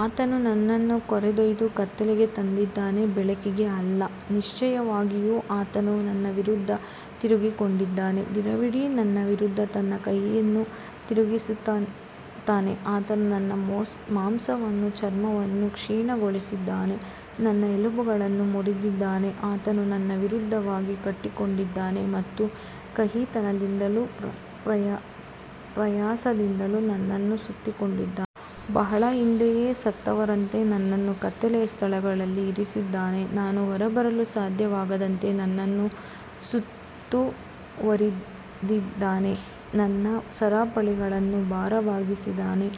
ಆತನು ನನ್ನನ್ನು ಕರೆದೊಯ್ದು ಕತ್ತಲೆಗೆ ತಂದಿದ್ದಾನೆ, ಬೆಳಕಿಗೆ ಅಲ್ಲ. ನಿಶ್ಚಯವಾಗಿಯೂ ಆತನು ನನ್ನ ವಿರುದ್ಧ ತಿರುಗಿಕೊಂಡಿದ್ದಾನೆ, ದಿನವಿಡೀ ನನ್ನ ವಿರುದ್ಧ ತನ್ನ ಕೈಯನ್ನು ತಿರುಗಿಸುತ್ತಾನೆ. ಆತನು ನನ್ನ ಮಾಂಸವನ್ನೂ ಚರ್ಮವನ್ನೂ ಕ್ಷೀಣಗೊಳಿಸಿದ್ದಾನೆ, ನನ್ನ ಎಲುಬುಗಳನ್ನು ಮುರಿದಿದ್ದಾನೆ. ಆತನು ನನ್ನ ವಿರುದ್ಧವಾಗಿ ಕಟ್ಟಿಕೊಂಡಿದ್ದಾನೆ ಮತ್ತು ಕಹಿತನದಿಂದಲೂ ಪ್ರಯಾಸದಿಂದಲೂ ನನ್ನನ್ನು ಸುತ್ತಿಕೊಂಡಿದ್ದಾನೆ. ಬಹಳ ಹಿಂದೆಯೇ ಸತ್ತವರಂತೆ ನನ್ನನ್ನು ಕತ್ತಲೆಯ ಸ್ಥಳಗಳಲ್ಲಿ ಇರಿಸಿದ್ದಾನೆ. ನಾನು ಹೊರಬರಲು ಸಾಧ್ಯವಾಗದಂತೆ ನನ್ನನ್ನು ಸುತ್ತುವರಿದಿದ್ದಾನೆ, ನನ್ನ ಸರಪಳಿಗಳನ್ನು ಭಾರವಾಗಿಸಿದ್ದಾನೆ.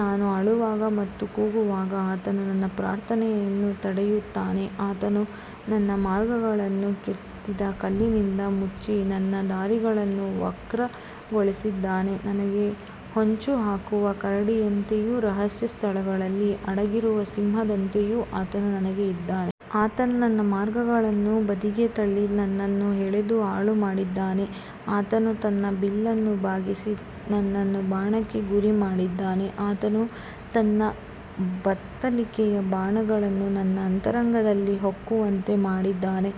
ನಾನು ಅಳುವಾಗ ಮತ್ತು ಕೂಗುವಾಗ ಆತನು ನನ್ನ ಪ್ರಾರ್ಥನೆಯನ್ನು ತಡೆಯುತ್ತಾನೆ. ಆತನು ನನ್ನ ಮಾರ್ಗಗಳನ್ನು ಕೆತ್ತಿದ ಕಲ್ಲಿನಿಂದ ಮುಚ್ಚಿ, ನನ್ನ ದಾರಿಗಳನ್ನು ವಕ್ರಗೊಳಿಸಿದ್ದಾನೆ. ನನಗೆ ಹೊಂಚುಹಾಕುವ ಕರಡಿಯಂತೆಯೂ ರಹಸ್ಯ ಸ್ಥಳಗಳಲ್ಲಿ ಅಡಗಿರುವ ಸಿಂಹದಂತೆಯೂ ಆತನು ನನಗೆ ಇದ್ದಾನೆ. ಆತನು ನನ್ನ ಮಾರ್ಗಗಳನ್ನು ಬದಿಗೆ ತಳ್ಳಿ ನನ್ನನ್ನು ಎಳೆದು ಹಾಳುಮಾಡಿದ್ದಾನೆ. ಆತನು ತನ್ನ ಬಿಲ್ಲನ್ನು ಬಾಗಿಸಿ ನನ್ನನ್ನು ಬಾಣಕ್ಕೆ ಗುರಿಮಾಡಿದ್ದಾನೆ. ಆತನು ತನ್ನ ಬತ್ತಳಿಕೆಯ ಬಾಣಗಳನ್ನು ನನ್ನ ಅಂತರಂಗದಲ್ಲಿ ಹೊಕ್ಕುವಂತೆ ಮಾಡಿದ್ದಾನೆ.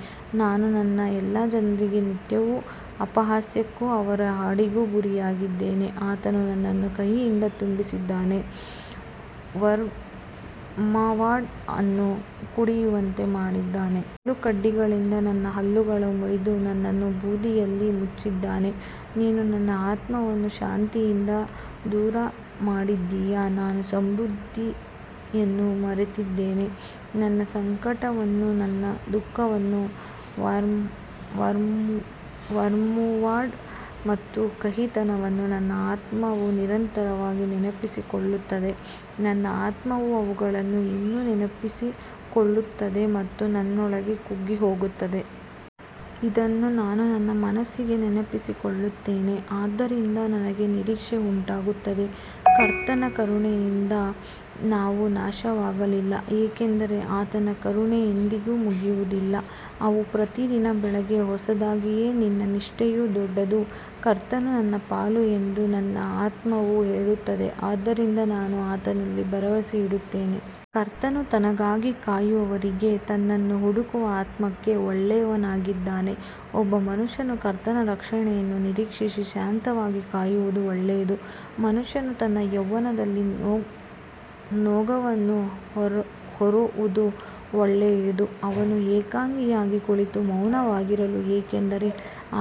ನಾನು ನನ್ನ ಎಲ್ಲಾ ಜನರಿಗೆ ನಿತ್ಯವೂ ಅಪಹಾಸ್ಯಕ್ಕೂ ಅವರ ಹಾಡಿಗೂ ಗುರಿಯಾಗಿದ್ದೇನೆ. ಆತನು ನನ್ನನ್ನು ಕಹಿಯಿಂದ ತುಂಬಿಸಿದ್ದಾನೆ, ವರ್ಮ್ವುಡ್ ಅನ್ನು ಕುಡಿಯುವಂತೆ ಮಾಡಿದ್ದಾನೆ. ಕಲ್ಲುಕಡ್ಡಿಗಳಿಂದ ನನ್ನ ಹಲ್ಲುಗಳನ್ನು ಮುರಿದು, ನನ್ನನ್ನು ಬೂದಿಯಲ್ಲಿ ಮುಚ್ಚಿದ್ದಾನೆ. ನೀನು ನನ್ನ ಆತ್ಮವನ್ನು ಶಾಂತಿಯಿಂದ ದೂರಮಾಡಿದ್ದೀಯ, ನಾನು ಸಮೃದ್ಧಿಯನ್ನು ಮರೆತಿದ್ದೇನೆ. ನನ್ನ ಸಂಕಟವನ್ನೂ ನನ್ನ ದುಃಖವನ್ನೂ, ವರ್ಮ್ವುಡ್ ಮತ್ತು ಕಹಿತನವನ್ನೂ ನನ್ನ ಆತ್ಮವು ನಿರಂತರವಾಗಿ ನೆನಪಿಸಿಕೊಳ್ಳುತ್ತದೆ. ನನ್ನ ಆತ್ಮವು ಅವುಗಳನ್ನು ಇನ್ನೂ ನೆನಪಿಸಿಕೊಳ್ಳುತ್ತದೆ ಮತ್ತು ನನ್ನೊಳಗೆ ಕುಗ್ಗಿಹೋಗುತ್ತದೆ. ಇದನ್ನು ನಾನು ನನ್ನ ಮನಸ್ಸಿಗೆ ನೆನಪಿಸಿಕೊಳ್ಳುತ್ತೇನೆ, ಆದ್ದರಿಂದ ನನಗೆ ನಿರೀಕ್ಷೆ ಉಂಟಾಗುತ್ತದೆ. ಕರ್ತನ ಕರುಣೆಯಿಂದ ನಾವು ನಾಶವಾಗಲಿಲ್ಲ, ಏಕೆಂದರೆ ಆತನ ಕರುಣೆ ಎಂದಿಗೂ ಮುಗಿಯುವುದಿಲ್ಲ. ಅವು ಪ್ರತಿದಿನ ಬೆಳಿಗ್ಗೆ ಹೊಸದಾಗಿವೆ, ನಿನ್ನ ನಿಷ್ಠೆಯು ದೊಡ್ಡದು. ಕರ್ತನು ನನ್ನ ಪಾಲು ಎಂದು ನನ್ನ ಆತ್ಮವು ಹೇಳುತ್ತದೆ, ಆದ್ದರಿಂದ ನಾನು ಆತನಲ್ಲಿ ಭರವಸೆಯಿಡುತ್ತೇನೆ. ಕರ್ತನು ತನಗಾಗಿ ಕಾಯುವವರಿಗೆ, ತನ್ನನ್ನು ಹುಡುಕುವ ಆತ್ಮಕ್ಕೆ ಒಳ್ಳೆಯವನಾಗಿದ್ದಾನೆ. ಒಬ್ಬ ಮನುಷ್ಯನು ಕರ್ತನ ರಕ್ಷಣೆಯನ್ನು ನಿರೀಕ್ಷಿಸಿ ಶಾಂತವಾಗಿ ಕಾಯುವುದು ಒಳ್ಳೆಯದು. ಮನುಷ್ಯನು ತನ್ನ ಯೌವನದಲ್ಲಿ ನೊಗವನ್ನು ಹೊರುವುದು ಒಳ್ಳೆಯದು. ಅವನು ಏಕಾಂಗಿಯಾಗಿ ಕುಳಿತು ಮೌನವಾಗಿರಲಿ, ಏಕೆಂದರೆ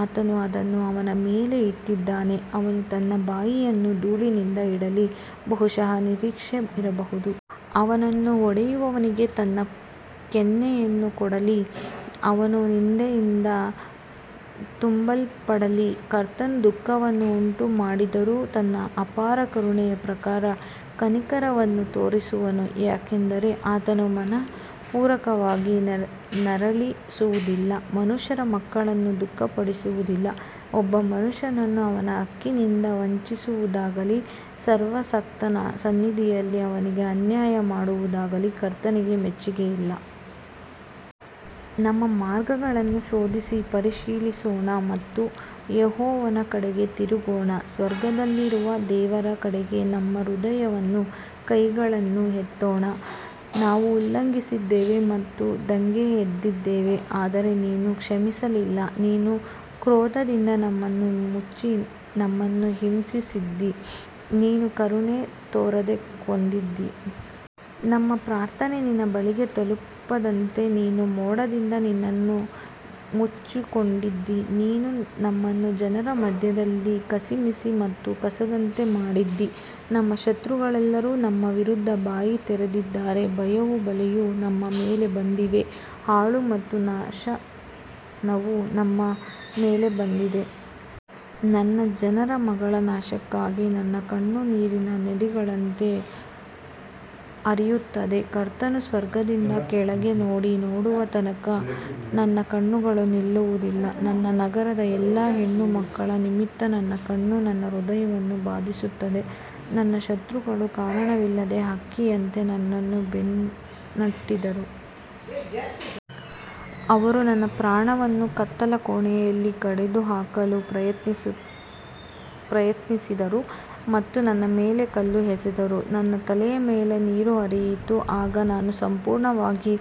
ಆತನು ಅದನ್ನು ಅವನ ಮೇಲೆ ಇಟ್ಟಿದ್ದಾನೆ. ಅವನು ತನ್ನ ಬಾಯಿಯನ್ನು ಧೂಳಿನಲ್ಲಿ ಇಡಲಿ, ಬಹುಶಃ ನಿರೀಕ್ಷೆ ಇರಬಹುದು. ಅವನನ್ನು ಹೊಡೆಯುವವನಿಗೆ ತನ್ನ ಕೆನ್ನೆಯನ್ನು ಕೊಡಲಿ, ಅವನು ನಿಂದೆಯಿಂದ ತುಂಬಲ್ಪಡಲಿ. ಕರ್ತನು ದುಃಖವನ್ನು ಉಂಟುಮಾಡಿದರೂ, ತನ್ನ ಅಪಾರ ಕರುಣೆಯ ಪ್ರಕಾರ ಕನಿಕರವನ್ನು ತೋರಿಸುವನು. ಯಾಕಂದರೆ ಆತನು ಮನಃಪೂರ್ವಕವಾಗಿ ನರಳಿಸುವುದಿಲ್ಲ, ಮನುಷ್ಯರ ಮಕ್ಕಳನ್ನು ದುಃಖಪಡಿಸುವುದಿಲ್ಲ. ಒಬ್ಬ ಮನುಷ್ಯನನ್ನು ಅವನ ಹಕ್ಕಿನಿಂದ ವಂಚಿಸುವುದಾಗಲಿ, ಸರ್ವಶಕ್ತನ ಸನ್ನಿಧಿಯಲ್ಲಿ ಅವನಿಗೆ ಅನ್ಯಾಯ ಮಾಡುವುದಾಗಲಿ ಕರ್ತನಿಗೆ ಮೆಚ್ಚಿಕೆಯಲ್ಲ. ನಮ್ಮ ಮಾರ್ಗಗಳನ್ನು ಶೋಧಿಸಿ ಪರಿಶೀಲಿಸೋಣ ಮತ್ತು ಯೆಹೋವನ ಕಡೆಗೆ ತಿರುಗೋಣ. ಸ್ವರ್ಗದಲ್ಲಿರುವ ದೇವರ ಕಡೆಗೆ ನಮ್ಮ ಹೃದಯವನ್ನೂ ಕೈಗಳನ್ನೂ ಎತ್ತೋಣ. ನಾವು ಉಲ್ಲಂಘಿಸಿದ್ದೇವೆ ಮತ್ತು ದಂಗೆ ಎದ್ದಿದ್ದೇವೆ, ಆದರೆ ನೀನು ಕ್ಷಮಿಸಲಿಲ್ಲ. ನೀನು ಕ್ರೋಧದಿಂದ ನಮ್ಮನ್ನು ಮುಚ್ಚಿ ನಮ್ಮನ್ನು ಹಿಂಸಿಸಿದ್ದೀ. ನೀನು ಕರುಣೆ ತೋರದೆ ಕೊಂದಿದ್ದೀ. ನಮ್ಮ ಪ್ರಾರ್ಥನೆ ನಿನ್ನ ಬಳಿಗೆ ತಲುಪದಂತೆ ನೀನು ಮೋಡದಿಂದ ನಿನ್ನನ್ನು ಮುಚ್ಚಿಕೊಂಡಿದ್ದೀ. ನೀನು ನಮ್ಮನ್ನು ಜನರ ಮಧ್ಯದಲ್ಲಿ ಕಸಿವಿಸಿ ಮತ್ತು ಕಸದಂತೆ ಮಾಡಿದ್ದೀ. ನಮ್ಮ ಶತ್ರುಗಳೆಲ್ಲರೂ ನಮ್ಮ ವಿರುದ್ಧ ಬಾಯಿ ತೆರೆದಿದ್ದಾರೆ. ಭಯವೂ ಬಲೆಯೂ ನಮ್ಮ ಮೇಲೆ ಬಂದಿವೆ, ಹಾಳು ಮತ್ತು ನಾಶನವು ನಮ್ಮ ಮೇಲೆ ಬಂದಿದೆ. ನನ್ನ ಜನರ ಮಗಳ ನಾಶಕ್ಕಾಗಿ ನನ್ನ ಕಣ್ಣು ನೀರಿನ ನದಿಗಳಂತೆ ಹರಿಯುತ್ತದೆ. ಕರ್ತನು ಸ್ವರ್ಗದಿಂದ ಕೆಳಗೆ ನೋಡಿ ನೋಡುವ ತನಕ ನನ್ನ ಕಣ್ಣುಗಳು ನಿಲ್ಲುವುದಿಲ್ಲ. ನನ್ನ ನಗರದ ಎಲ್ಲಾ ಹೆಣ್ಣುಮಕ್ಕಳ ನಿಮಿತ್ತ ನನ್ನ ಕಣ್ಣು ನನ್ನ ಹೃದಯವನ್ನು ಬಾಧಿಸುತ್ತದೆ. ನನ್ನ ಶತ್ರುಗಳು ಕಾರಣವಿಲ್ಲದೆ ಹಕ್ಕಿಯಂತೆ ನನ್ನನ್ನು ಬೆನ್ನಟ್ಟಿದರು. ಅವರು ನನ್ನ ಪ್ರಾಣವನ್ನು ಕತ್ತಲಕೋಣೆಯಲ್ಲಿ ಕಡಿದುಹಾಕಲು ಪ್ರಯತ್ನಿಸಿದರು ಮತ್ತು ನನ್ನ ಮೇಲೆ ಕಲ್ಲು ಎಸೆದರು. ನನ್ನ ತಲೆಯ ಮೇಲೆ ನೀರು ಹರಿಯಿತು, ಆಗ ನಾನು ಸಂಪೂರ್ಣವಾಗಿ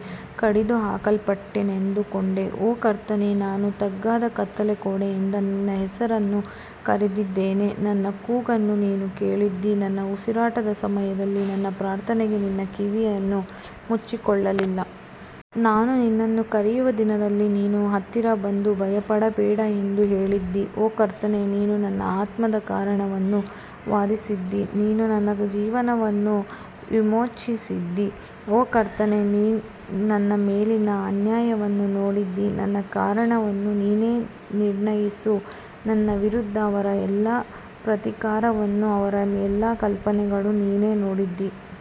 ಕಡಿದುಹಾಕಲ್ಪಟ್ಟೆನೆಂದುಕೊಂಡೆ. ಓ ಕರ್ತನೇ, ನಾನು ತಗ್ಗಾದ ಕತ್ತಲಕೋಣೆಯಿಂದ ನಿನ್ನ ಹೆಸರನ್ನು ಕರೆದಿದ್ದೇನೆ. ನನ್ನ ಕೂಗನ್ನು ನೀನು ಕೇಳಿದ್ದೀ, ನನ್ನ ಉಸಿರಾಟದ ಸಮಯದಲ್ಲಿ ನನ್ನ ಪ್ರಾರ್ಥನೆಗೆ ನಿನ್ನ ಕಿವಿಯನ್ನು ಮುಚ್ಚಿಕೊಳ್ಳಲಿಲ್ಲ. ನಾನು ನಿನ್ನನ್ನು ಕರೆಯುವ ದಿನದಲ್ಲಿ ನೀನು ಹತ್ತಿರ ಬಂದು, ಭಯಪಡಬೇಡ ಎಂದು ಹೇಳಿದ್ದೀ. ಓ ಕರ್ತನೇ, ನೀನು ನನ್ನ ಆತ್ಮದ ಕಾರಣವನ್ನು ವಾದಿಸಿದ್ದೀ, ನೀನು ನನ್ನ ಜೀವನವನ್ನು ವಿಮೋಚಿಸಿದ್ದೀ. ಓ ಕರ್ತನೇ, ನೀನು ನನ್ನ ಮೇಲಿನ ಅನ್ಯಾಯವನ್ನು ನೋಡಿದ್ದೀ, ನನ್ನ ಕಾರಣವನ್ನು ನೀನೇ ನಿರ್ಣಯಿಸು. ನನ್ನ ವಿರುದ್ಧ ಅವರ ಎಲ್ಲಾ ಪ್ರತೀಕಾರವನ್ನೂ ಅವರ ಎಲ್ಲಾ ಕಲ್ಪನೆಗಳನ್ನೂ ನೀನು ನೋಡಿದ್ದೀ.